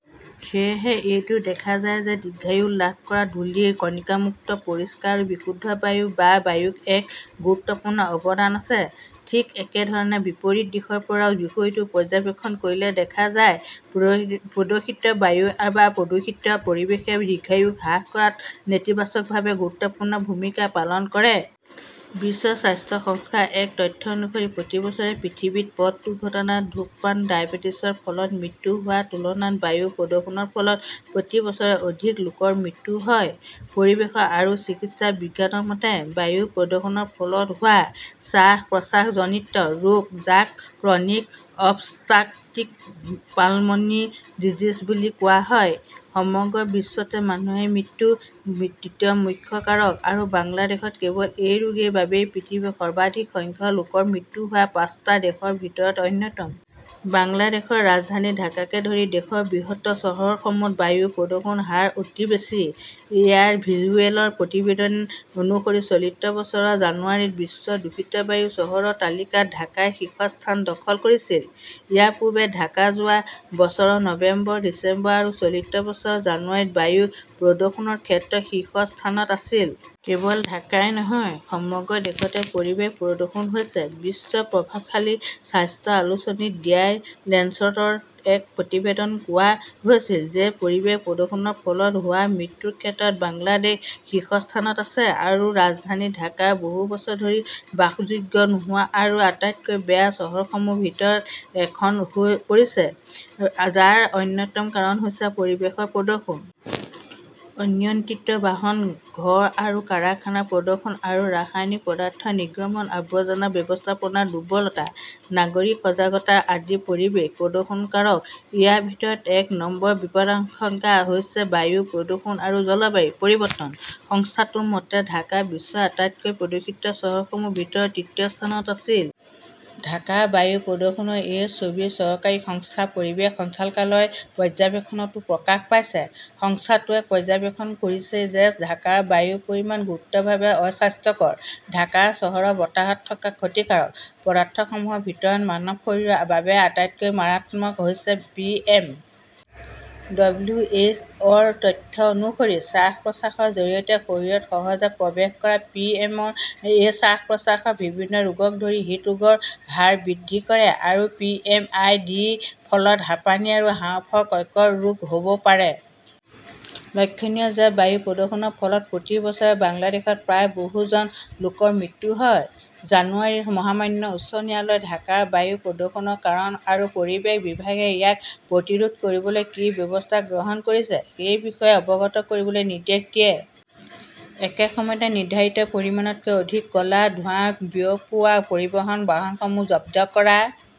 সেয়েহে, এইটো দেখা যায় যে দীৰ্ঘায়ু লাভ কৰাত ধূলি কণিকামুক্ত পৰিষ্কাৰ আৰু বিশুদ্ধ বায়ু বা বায়ুৰ এক গুৰুত্বপূৰ্ণ অৱদান আছে। ঠিক একেধৰণে, বিপৰীত দিশৰ পৰা বিষয়টো পৰ্যবেক্ষণ কৰিলে দেখা যায়, প্ৰদূষিত বায়ু বা প্ৰদূষিত পৰিৱেশে দীৰ্ঘায়ু হ্ৰাস কৰাত নেতিবাচকভাৱে গুৰুত্বপূৰ্ণ ভূমিকা পালন কৰে। বিশ্ব স্বাস্থ্য সংস্থাৰ এক তথ্য অনুসৰি, প্ৰতি বছৰে পৃথিৱীত পথ দুৰ্ঘটনা, ধূমপান আৰু ডায়েবেটিছৰ ফলত মৃত্যু হোৱাৰ তুলনাত বায়ু প্ৰদূষণৰ ফলত প্ৰতি বছৰে অধিক লোকৰ মৃত্যু হয়। পৰিৱেশ আৰু চিকিৎসা বিজ্ঞানৰ মতে, বায়ু প্ৰদূষণৰ ফলত হোৱা শ্বাস-প্ৰশ্বাসজনিত ৰোগ, যাক ক্ৰনিক অবষ্ট্ৰাকটিভ পালমোনৰী ডিজিজ বুলি কোৱা হয়, সমগ্ৰ বিশ্বতে মানুহৰ মৃত্যুৰ তৃতীয় মুখ্য কাৰক আৰু বাংলাদেশত কেৱল এই ৰোগৰ বাবেই পৃথিৱীত সৰ্বাধিক সংখ্যক লোকৰ মৃত্যু হোৱা পাঁচটা দেশৰ ভিতৰত অন্যতম। বাংলাদেশৰ ৰাজধানী ঢাকাকে ধৰি দেশৰ বৃহৎ চহৰসমূহত বায়ু প্ৰদূষণৰ হাৰ অতি বেছি। এয়াৰ ভিজুৱেলৰ প্ৰতিবেদন অনুসৰি, চলিত বছৰৰ জানুৱাৰীত বিশ্বৰ দূষিত বায়ু চহৰৰ তালিকাত ঢাকাই শীৰ্ষস্থান দখল কৰিছিল। ইয়াৰ পূৰ্বে ঢাকা যোৱা বছৰৰ নৱেম্বৰ, ডিচেম্বৰ আৰু চলিত বছৰৰ জানুৱাৰীত বায়ু প্ৰদূষণৰ ক্ষেত্ৰত শীৰ্ষ স্থানত আছিল। কেৱল ঢাকাই নহয়, সমগ্ৰ দেশতে পৰিৱেশ প্ৰদূষণ হৈছে। বিশ্বৰ প্ৰভাৱশালী স্বাস্থ্য আলোচনী দ্য লেঞ্চেটৰ এক প্ৰতিবেদনত কোৱা হৈছিল যে পৰিৱেশ প্ৰদূষণৰ ফলত হোৱা মৃত্যুৰ ক্ষেত্ৰত বাংলাদেশ শীৰ্ষস্থানত আছে আৰু ৰাজধানী ঢাকা বহু বছৰ ধৰি বাসযোগ্য নোহোৱা আৰু আটাইতকৈ বেয়া চহৰসমূহৰ ভিতৰত এখন হৈ পৰিছে, যাৰ অন্যতম কাৰণ হৈছে পৰিৱেশৰ প্ৰদূষণ। অনিয়ন্ত্ৰিত বাহন, ঘৰ আৰু কাৰখানাৰ প্ৰদূষণ আৰু ৰাসায়নিক পদাৰ্থ নিৰ্গমন, আৱৰ্জনা ব্যৱস্থাপনাৰ দুৰ্বলতা, নাগৰিক সজাগতা আদি পৰিৱেশ প্ৰদূষণৰ কাৰক। ইয়াৰ ভিতৰত এক নম্বৰ বিপদাশংকা হৈছে বায়ু প্ৰদূষণ আৰু জলবায়ু পৰিৱৰ্তন। সংস্থাটোৰ মতে ঢাকা বিশ্বৰ আটাইতকৈ প্ৰদূষিত চহৰসমূহৰ ভিতৰত তৃতীয় স্থানত আছিল। ঢাকাৰ বায়ু প্ৰদূষণৰ এই ছবি চৰকাৰী সংস্থা পৰিৱেশ সঞ্চালকালয়ৰ পৰ্যবেক্ষণতো প্ৰকাশ পাইছে। সংস্থাটোৱে পৰ্যবেক্ষণ কৰিছে যে ঢাকাৰ বায়ুৰ পৰিমাণ গুৰুতৰভাৱে অস্বাস্থ্যকৰ। ঢাকা চহৰৰ বতাহত থকা ক্ষতিকাৰক পদাৰ্থসমূহৰ ভিতৰত মানৱ শৰীৰৰ বাবে আটাইতকৈ মাৰাত্মক হৈছে পিএম । ডব্লিউ. এইচ. অ ' ৰ তথ্য অনুসৰি, শ্বাস-প্ৰশ্বাসৰ জৰিয়তে শৰীৰত সহজে প্ৰৱেশ কৰা পিএম - এ শ্বাস-প্ৰশ্বাসৰ বিভিন্ন ৰোগকে ধৰি হৃদৰোগৰ হাৰ বৃদ্ধি কৰে আৰু পিএম আই. ডি.ৰ ফলত হাঁপানি আৰু হাঁওফাঁওৰ কৰ্কট ৰোগ হ' ব পাৰে। লক্ষণীয় যে বায়ু প্ৰদূষণৰ ফলত প্ৰতি বছৰে বাংলাদেশত প্ৰায় বহু জন লোকৰ মৃত্যু হয়। জানুৱাৰীত মহামান্য উচ্চ ন্যায়ালয়ে ঢাকাৰ বায়ু প্ৰদূষণৰ কাৰণ আৰু পৰিৱেশ বিভাগে ইয়াক প্ৰতিৰোধ কৰিবলৈ কি ব্যৱস্থা গ্ৰহণ কৰিছে সেই বিষয়ে অৱগত কৰিবলৈ নিৰ্দেশ দিয়ে। একে সময়তে, নিৰ্ধাৰিত পৰিমাণতকৈ অধিক ক'লা ধোঁৱা বিয়পোৱা পৰিবহণ বাহনসমূহ জব্দ কৰাৰ